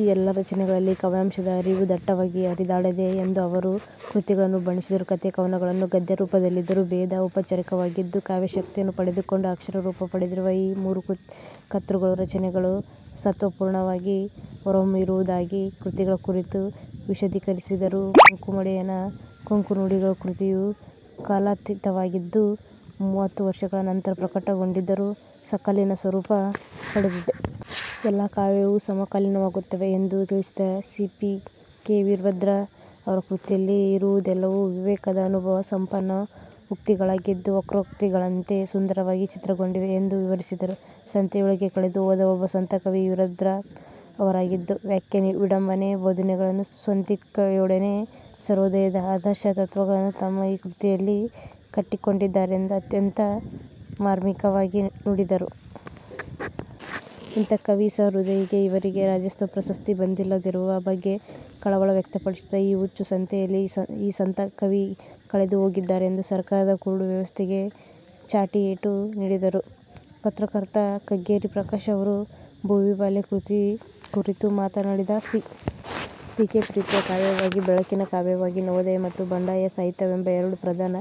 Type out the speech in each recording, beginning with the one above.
ಈ ಎಲ್ಲ ರಚನೆಗಳಲ್ಲಿ ಕಾವ್ಯಾಂಶದ ಹರಿವು ದಟ್ಟವಾಗಿ ಹರಿದಾಡಿದೆ ಎಂದು ಅವರು ಕೃತಿಗಳನ್ನು ಬಣ್ಣಿಸಿದರು. ಕಥೆ ಕವನಗಳು ಗದ್ಯರೂಪದಲ್ಲಿದ್ದರೂ ಭೇದ ಔಪಚಾರಿಕವಾಗಿದ್ದು ಕಾವ್ಯಶಕ್ತಿಯನ್ನು ಪಡೆದುಕೊಂಡು ಅಕ್ಷರ ರೂಪ ಪಡೆದಿರುವ ಈ ಮೂರು ಕತೃಗಳ ರಚನೆಗಳು ಸತ್ವಪೂರ್ಣವಾಗಿ ಹೊರಹೊಮ್ಮಿರುವುದಾಗಿ ಕೃತಿಗಳ ಕುರಿತು ವಿಷಧೀಕರಿಸಿದರು. 'ಮಂಕು ಮಡೆಯನ ಕೊಂಕು ನುಡಿಗಳು' ಕೃತಿಯು ಕಾಲಾತೀತವಾಗಿದ್ದು ಮುವತ್ತು ವರ್ಷಗಳ ನಂತರ ಪ್ರಕಟಗೊಂಢಿದ್ದರೂ ಸಕಾಲಿಕ ಸ್ವರೂಪ ಪಡೆದಿದೆ. ಎಲ್ಲ ಕಾವ್ಯವೂ ಸಮಕಾಲೀನವಾಗುತ್ತವೆ ಎಂದು ತಿಳಿಸಿದ ಸಿ. ಪಿ. ಕೆ ವೀರಭದ್ರ ಅವರ ಕೃತಿಯಲ್ಲಿ ಇರುವುದೆಲ್ಲವೂ ವೀವೇಕದ ಅನುಭವ ಸಂಪನ್ನ ಉಕ್ತಿಗಳಾಗಿದ್ದು ವಕ್ರೋಕ್ತಿಗಳಂತೆ ಸುಂದರವಾಗಿ ಚಿತ್ರಿತಗೊಂಡಿವೆ ಎಂದು ವಿವರಿಸಿದರು. ಸಂತೆಯೊಳಗೆ ಕಳೆದು ಹೋದ ಒಬ್ಬ ಸಂತ ಕವಿ 'ವೀರಭದ್ರ' ಅವರಾಗಿದ್ದು ವ್ಯಾಖ್ಯೆ, ವಿಡಂಬನೆ, ಬೋಧೆಗಳನ್ನು ಸ್ವಂತಿಕೆಯೊಡನೆ, ಸರ್ವೋದಯದ ಆದರ್ಶ ತತ್ವಗಳನ್ನು ತಮ್ಮ ಈ ಕೃತಿಯಲ್ಲಿ ಕಟ್ಟಿಕೊಟ್ಟಿದ್ದಾರೆಂದು ಅತ್ಯಂತ ಮಾರ್ಮಿಕವಾಗಿ ನುಡಿದರು. ಇಂಥ ಕವಿ ಸಹೃದಯಿಗೆ ಈವರೆಗೂ ರಾಜ್ಯೋತ್ಸವ ಪ್ರಶಸ್ತಿ ಬಂದಿಲ್ಲದಿರುವ ಬಗ್ಗೆ ಕಳವಳ ವ್ಯಕ್ತಪಡಿಸುತ್ತಾ ಈ ಹುಚ್ಚು ಸಂತೆಯಲ್ಲಿ ಈ ಸಂತ ಕವಿ ಕಳೆದು ಹೋಗಿದ್ದಾರೆಂದು ಸರ್ಕಾರದ ಕುರುಡು ವ್ಯವಸ್ಥೆಗೆ ಛಾಟಿ ಏಟು ನೀಡಿದರು. ಪತ್ರಕರ್ತ ಕಗ್ಗೆರೆ ಪ್ರಕಾಶ್ ಅವರ ಭುವಿಬಾಲೆ ಕೃತಿ ಕುರಿತು ಮಾತನಾಡಿದ ಸಿ. ಪಿ. ಕೆ, ಪ್ರೀತಿಯ ಕಾವ್ಯವಾಗಿ, ಬೆಳಕಿನ ಕಾವ್ಯವಾಗಿ ನವೋದಯ ಮತ್ತು ಬಂಡಾಯ ಸಾಹಿತ್ಯವೆಂಬ ಎರಡು ಪ್ರಧಾನ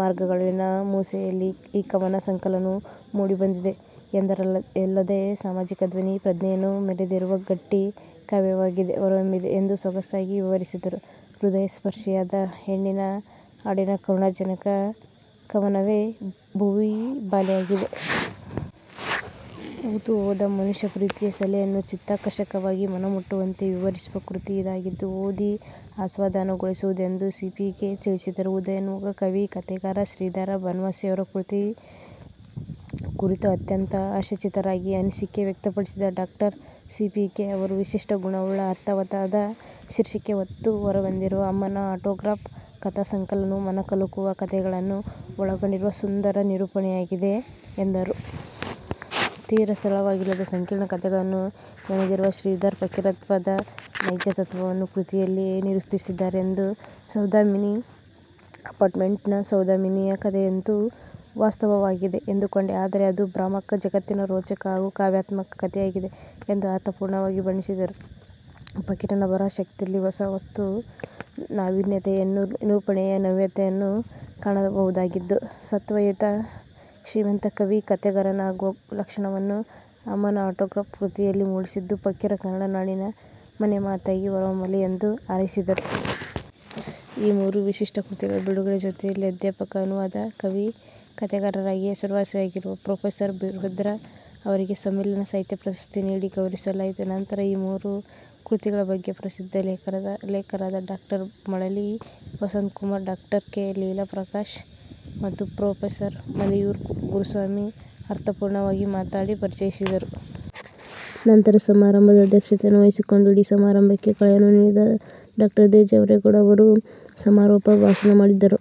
ಮಾರ್ಗಗಳಲ್ಲಿನ ಮೂಸೆಯಲ್ಲಿ ಈ ಕವನ ಸಂಕಲನವು ಮೂಡಿಬಂದಿದೆ ಎಂದರಲ್ಲದೇ ಸಾಮಾಜಿಕ ಧ್ವನಿ ಪ್ರಜ್ಞೆಯನ್ನು ಮೆರೆದಿರುವ ಗಟ್ಟಿಕಾವ್ಯವಾಗಿದೆ ಹೊರಹೊಮ್ಮಿದೆ ಎಂದು ಸೊಗಸಾಗಿ ವಿವರಿಸಿದರು. ಹೃದಯಸ್ಪರ್ಷಿಯಾದ ಹೆಣ್ಣಿನ ಹಾಡಿನ ಕರುಣಾ ಜನಕ ಕವನವೇ ಭುವಿಬಾಲೆಯಾಗಿದೆ. ಹೂತು ಹೋದ ಮನುಷ್ಯ ಪ್ರೀತಿಯ ಸೆಲೆಯನ್ನು ಚಿತ್ತಾಕರ್ಷಕವಾಗಿ ಮನಮುಟ್ಟುವಂತೆ ವಿವರಿಸುವ ಕೃತಿ ಇದಾಗಿದ್ದು ಓದಿ ಆಸ್ವಾದನಗೊಳಿಸುವುದೆಂದು ಸಿ. ಪಿ. ಕೆ ತಿಳಿಸಿದರು. ಉದಯೋನ್ಮುಖ ಕವಿ, ಕಥೆಗಾರ ಶ್ರೀಧರ ಬನವಾಸಿ ಅವರ ಕೃತಿ ಕುರಿತು ಅತ್ಯಂತ ಹರ್ಷಚಿತ್ತರಾಗಿ ಅನಿಸಿಕೆ ವ್ಯಕ್ತಪಡಿಸಿದ ಡಾ ಸಿ. ಪಿ. ಕೆ. ಅವರು ವಿಶಿಷ್ಟ ಗುಣವುಳ್ಳ ಅರ್ಥವತ್ತಾದ ಶೀರ್ಷಿಕೆ ಹೊತ್ತು ಹೊರಬಂದಿರುವ "ಅಮ್ಮನ ಆಟೋಗ್ರಾಫ್" ಕಥಾ ಸಂಕಲನವು ಮನಕಲುಕುವ ಕಥೆಗಳನ್ನು ಒಳಗೊಂಡಿರುವ ಸುಂದರ ನಿರೂಪಣೆಯಾಗಿದೆ ಎಂದರು. ತೀರ ಸರಳವಾಗಿಲ್ಲದ ಸಂಕೀರ್ಣ ಕಥೆಗಳನ್ನು ಹೆಣೆದಿರುವ ಶ್ರೀಧರ್ 'ಫಕೀರತ್ವ"ದ ನೈಜ ತತ್ವವನ್ನು ಕೃತಿಯಲ್ಲಿಯೇ ನಿರೂಪಿಸಿದ್ದಾರೆಂದರು. ಸೌಧಾಮಿನಿ ಅಪಾರ್ಟಮೆಂಟ್ ನ'ಸೌಧಾಮಿನಿಯ ಕಥೆಯಂತೂ ವಾಸ್ತವವಾಗಿದೆ ಎಂದುಕೊಂಡೆ, ಆದರೆ ಅದು ಭ್ರಾಮಕ ಜಗತ್ತಿನ ರೋಚಕ ಹಾಗೂ ಕಾವ್ಯಾತ್ಮಕ ಕಥೆಯಾಗಿದೆ' ಎಂದು ಅರ್ಥಪೂರ್ಣವಾಗಿ ಬಣ್ಣಿಸಿದರು. ಫಕೀರನ ಬರಹ ಶಕ್ತಿಯಲ್ಲಿ ಹೊಸ ವಸ್ತು ನಾವಿನ್ಯತೆಯನ್ನೂ ನಿರೂಪಣೆಯ ನವ್ಯತೆಯನ್ನೂ ಕಾಣಬಹುದಾಗಿದ್ದು ಸತ್ವಯುತ ಶ್ರೀಮಂತ ಕವಿ ಕಥೆಗಾರನಾಗುವ ಲಕ್ಷಣವನ್ನು "ಅಮ್ಮನ ಆಟೋಗ್ರಾಫ್" ಕೃತಿಯಲ್ಲಿ ಮೂಡಿಸಿದ್ದು ಫಕೀರ ಕನ್ನಡ ನಾಡಿನ ಮನೆಮಾತಾಗಿ ಹೊರಹೊಮ್ಮಲಿ ಎಂದು ಹಾರೈಸಿದರು. ಈ ಮೂರು ವಿಶಿಷ್ಟ ಕೃತಿಗಳ ಬಿಡುಗಡೆ ಜೊತೆಯಲ್ಲಿಯೇ ಅಧ್ಯಾಪಕ, ಅನುವಾದಕ, ಕವಿ, ಕಥೆಗಾರರಾಗಿ ಹೆಸರುವಾಸಿಯಾಗಿರುವ ಪ್ರೋ. ವೀರಭದ್ರ ಅವರಿಗೆ "ಸಮ್ಮಿಲನ ಸಾಹಿತ್ಯ ಪ್ರಶಸ್ತಿ"ನೀಡಿ ಗೌರವಿಸಲಾಯಿತು. ನಂತರ ಈ ಮೂರೂ ಕೃತಿಗಳ ಬಗ್ಗೆ ಪ್ರಸಿದ್ದ ಲೇಖಕರಾದ ಡಾ ಮಳಲಿ ವಸಂತ ಕುಮಾರ್, ಡಾ ಕೆ. ಲೀಲಾ ಪ್ರಕಾಶ್ ಮತ್ತು ಪ್ರೋ. ಮಲೆಯೂರು ಗುರುಸ್ವಾಮಿ ಅರ್ಥಪೂರ್ಣವಾಗಿ ಮಾತನಾಡಿ ಪರಿಚಯಿಸಿದರು. ನಂತರ ಸಮಾರಂಭದ ಅಧ್ಯಕ್ಷತೆಯನ್ನು ವಹಿಸಿಕೊಂಡು ಇಡೀ ಸಮಾರಂಭಕ್ಕೆ ಕಳೆಯನ್ನು ನೀಡಿದ ಡಾ ದೇ. ಜವರೇ ಗೌಡ ಅವರು ಸಮಾರೋಪ ಭಾಷಣ ಮಾಡಿದರು.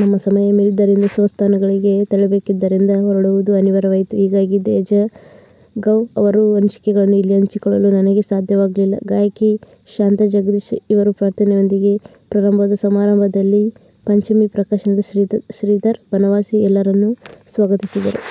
ನಮ್ಮ ಸಮಯ ಮೀರಿದ್ದರಿಂದ ಸ್ವಸ್ಥಾನಗಳಿಗೆ ತೆರಳಬೇಕಿದ್ಗರಿಂದ ಹೊರಡುವುದು ಅನಿವಾರ್ಯವಾಯಿತು. ಹೀಗಾಗಿ ದೇಜಗೌ ಅವರ ಅನಿಸಿಕೆಗಳನ್ನು ಇಲ್ಲಿ ಹಂಚಿಕೊಳ್ಲಲು ನನಗೆ ಸಾಧ್ಯವಾಗಿಲ್ಲ. ಗಾಯಕಿ ಶಾಂತಾ ಜಗದೀಶ್ ಇವರ ಪ್ರಾರ್ಥನೆಯೊಂದಿಗೆ ಪ್ರಾರಂಭವಾದ ಸಮಾರಂಭದಲ್ಲಿ ಪಂಚಮಿ ಪ್ರಕಾಶನದ ಶ್ರೀಧರ್ ಬನವಾಸಿ ಎಲ್ಲರನ್ನೂ ಸ್ವಾಗತಿಸಿದರು.